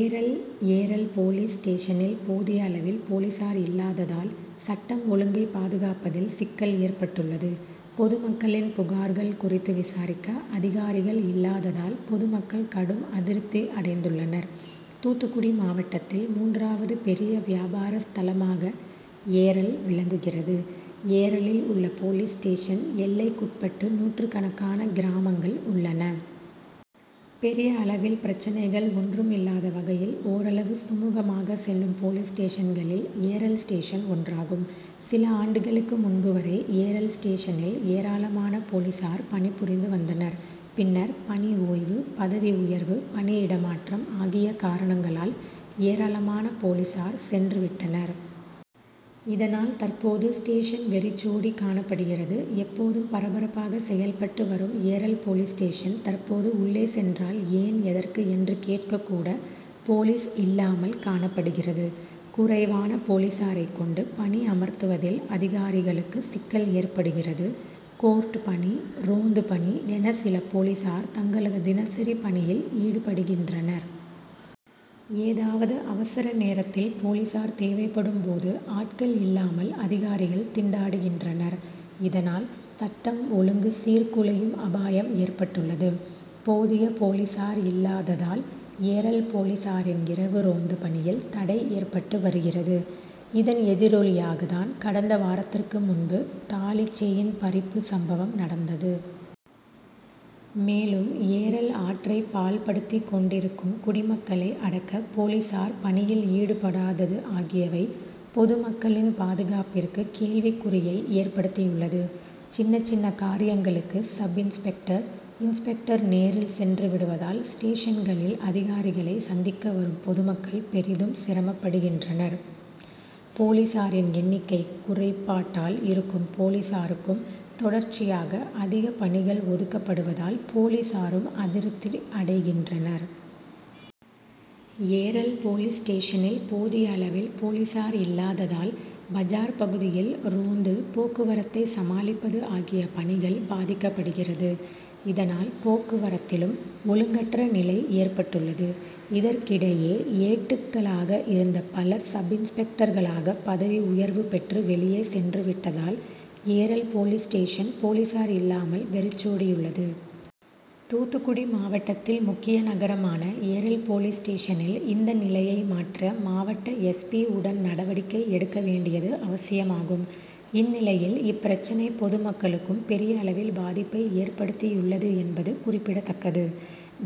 ஏரல் ஏரல்போலீஸ் ஸ்டேஷனில் போதிய அளவில் போலீசார் இல்லாததால் சட்டம் ஒழுங்கை பாதுகாப்பதில் சிக்கல் ஏற்பட்டுள்ளது. பொதுமக்களின் புகார்கள் குறித்து விசாரிக்க அதிகாரிகள் இல்லாததால் பொதுமக்கள் கடும் அதிருப்தி அடைந்துள்ளனர். தூத்துக்குடி மாவட்டத்தில் மூன்றாவது பெரிய வியாபார ஸ்தலமாக ஏரல் விளங்குகிறது. ஏரலில் உள்ள போலீஸ் ஸ்டேஷன் எல்லைக்குட்பட்டு நூற்றுக்கணக்கான கிராமங்கள் உள்ளன. பெரிய அளவில் பிரச்னைகள் ஒன்றும் இல்லாத வகையில் ஓரளவு சுமூகமாக செல்லும் போலீஸ் ஸ்டேஷன்களில் ஏரல் ஸ்டேஷன் ஒன்றாகும். சில ஆண்டுகளுக்கு முன்பு வரை ஏரல் ஸ்டேஷனில் ஏராளமான போலீசார் பணிபுரிந்து வந்தனர். பின்னர் பணி ஓய்வு, பதவி உயர்வு, பணி இடமாற்றம் ஆகிய காரணங்களால் ஏராளமான போலீசார் சென்றுவிட்டனர். இதனால் தற்போது ஸ்டேஷன் வெறிச்சோடி காணப்படுகிறது. எப்பொழுதும் பரபரப்பாக செயல்பட்டு வரும் ஏரல் போலீஸ் ஸ்டேஷன் தற்போது உள்ளே சென்றால் ஏன் எதற்கு என்று கேட்க கூட போலீஸ் இல்லாமல் காணப்படுகிறது. குறைவான போலீசாரைக் கொண்டு பணி அமர்த்துவதில் அதிகாரிகளுக்கு சிக்கல் ஏற்படுகிறது. கோர்ட் பணி, ரோந்து பணி என சில போலீசார் தங்களது தினசரி பணியில் ஈடுபடுகின்றனர். ஏதாவது அவசர நேரத்தில் போலீசார் தேவைப்படும் போது ஆட்கள் இல்லாமல் அதிகாரிகள் திண்டாடுகின்றனர். இதனால் சட்டம் ஒழுங்கு சீர்குலையும் அபாயம் ஏற்பட்டுள்ளது. போதிய போலீசார் இல்லாததால் ஏரல் போலீசாரின் இரவு ரோந்து பணியில் தடை ஏற்பட்டு வருகிறது. இதன் எதிரொலியாக தான் கடந்த வாரத்திற்கு முன்பு தாலிசெயின் பறிப்பு சம்பவம் நடந்தது. மேலும் ஏரல் ஆற்றை பாழ்படுத்தி கொண்டிருக்கும் குடிமக்களை அடக்க போலீசார் பணியில் ஈடுபடாதது ஆகியவை பொதுமக்களின் பாதுகாப்பிற்கு கேள்விக்குறியை ஏற்படுத்தியுள்ளது. சின்ன சின்ன காரியங்களுக்கு சப்-இன்ஸ்பெக்டர், இன்ஸ்பெக்டர் நேரில் சென்று விடுவதால் ஸ்டேஷன்களில் அதிகாரிகளை சந்திக்க வரும் பொதுமக்கள் பெரிதும் சிரமப்படுகின்றனர். போலீசாரின் எண்ணிக்கை குறைபாட்டால் இருக்கும் போலீசாருக்கும் தொடர்ச்சியாக அதிக பணிகள் ஒதுக்கப்படுவதால் போலீசாரும் அதிருப்தி அடைகின்றனர். ஏரல் போலீஸ் ஸ்டேஷனில் போதிய அளவில் போலீசார் இல்லாததால் பஜார் பகுதியில் ரோந்து, போக்குவரத்தை சமாளிப்பது ஆகிய பணிகள் பாதிக்கப்படுகிறது. இதனால் போக்குவரத்திலும் ஒழுங்கற்ற நிலை ஏற்பட்டுள்ளது. இதற்கிடையே ஏட்டுக்களாக இருந்த பலர் சப்-இன்ஸ்பெக்டர்களாக பதவி உயர்வு பெற்று வெளியே சென்று விட்டதால் ஏரல் போலீஸ் ஸ்டேஷன் போலீசார் இல்லாமல் வெறிச்சோடியுள்ளது. தூத்துக்குடி மாவட்டத்தில் முக்கிய நகரமான ஏரல் போலீஸ் ஸ்டேஷனில் இந்த நிலையை மாற்ற மாவட்ட எஸ். பி., உடன் நடவடிக்கை எடுக்க வேண்டியது அவசியமாகும். இந்நிலையில் இப்பிரச்சனை பொதுமக்களுக்கும் பெரிய அளவில் பாதிப்பை ஏற்படுத்தியுள்ளது என்பது குறிப்பிடத்தக்கது.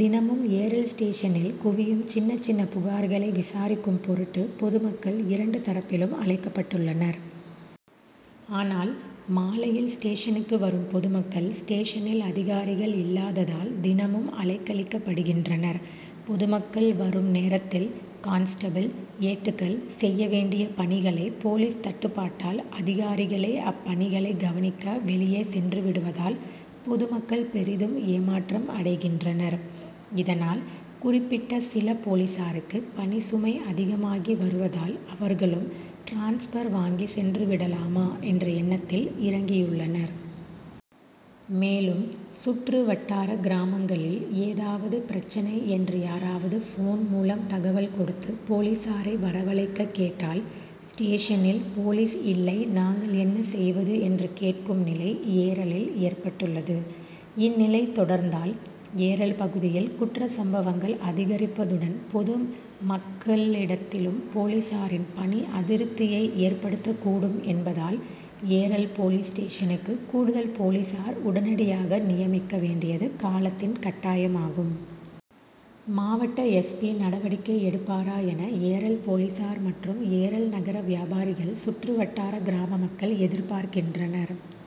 தினமும் ஏரல் ஸ்டேஷனில் குவியும் சின்ன சின்ன புகார்களை விசாரிக்கும் பொருட்டு பொதுமக்கள் இரண்டு தரப்பிலும் அழைக்கப்பட்டுள்ளனர். ஆனால் மாலையில் ஸ்டேஷனுக்கு வரும் பொதுமக்கள் ஸ்டேஷனில் அதிகாரிகள் இல்லாததால் தினமும் அலைக்கழிக்கப்படுகின்றனர். பொதுமக்கள் வரும் நேரத்தில் கான்ஸ்டபிள், ஏட்டுக்கள் செய்யவேண்டிய பணிகளை போலீஸ் தட்டுப்பாட்டால் அதிகாரிகளே அப்பணிகளை கவனிக்க வெளியே சென்றுவிடுவதால் பொதுமக்கள் பெரிதும் ஏமாற்றம் அடைகின்றனர். இதனால் குறிப்பிட்ட சில போலீசாருக்கு பணிசுமை அதிகமாகி வருவதால் அவர்களும் டிரான்ஸ்பர் வாங்கி சென்றுவிடலாமா என்ற எண்ணத்தில் இறங்கியுள்ளனர். மேலும், சுற்றுவட்டார கிராமங்களில் ஏதாவது பிரச்னை என்று யாராவது போன் மூலம் தகவல் கொடுத்து போலீசாரை வரவழைக்க கேட்டால் ஸ்டேஷனில் போலீஸ் இல்லை நாங்கள் என்ன செய்வது என்று கேட்கும் நிலை ஏரலில் ஏற்பட்டுள்ளது. இந்நிலை தொடர்ந்தால் ஏரல் பகுதியில் குற்ற சம்பவங்கள் அதிகரிப்பதுடன் பொது மக்களிடத்திலும் போலீசாரின் பணி அதிருப்தியை ஏற்டுத்தக் கூடும் என்பதால் ஏரல் போலீஸ் ஸ்டேஷனுக்கு கூடுதல் போலீசார் உடனடியாக நியமிக்க வேண்டியது காலத்தின் கட்டாயமாகும். மாவட்ட எஸ். பி.,நடவடிக்கை எடுப்பாரா என ஏரல் போலீசார் மற்றும் ஏரல் நகர வியாபாரிகள், சுற்று வட்டார கிராமமக்கள் எதிர்பார்க்கின்றனர்.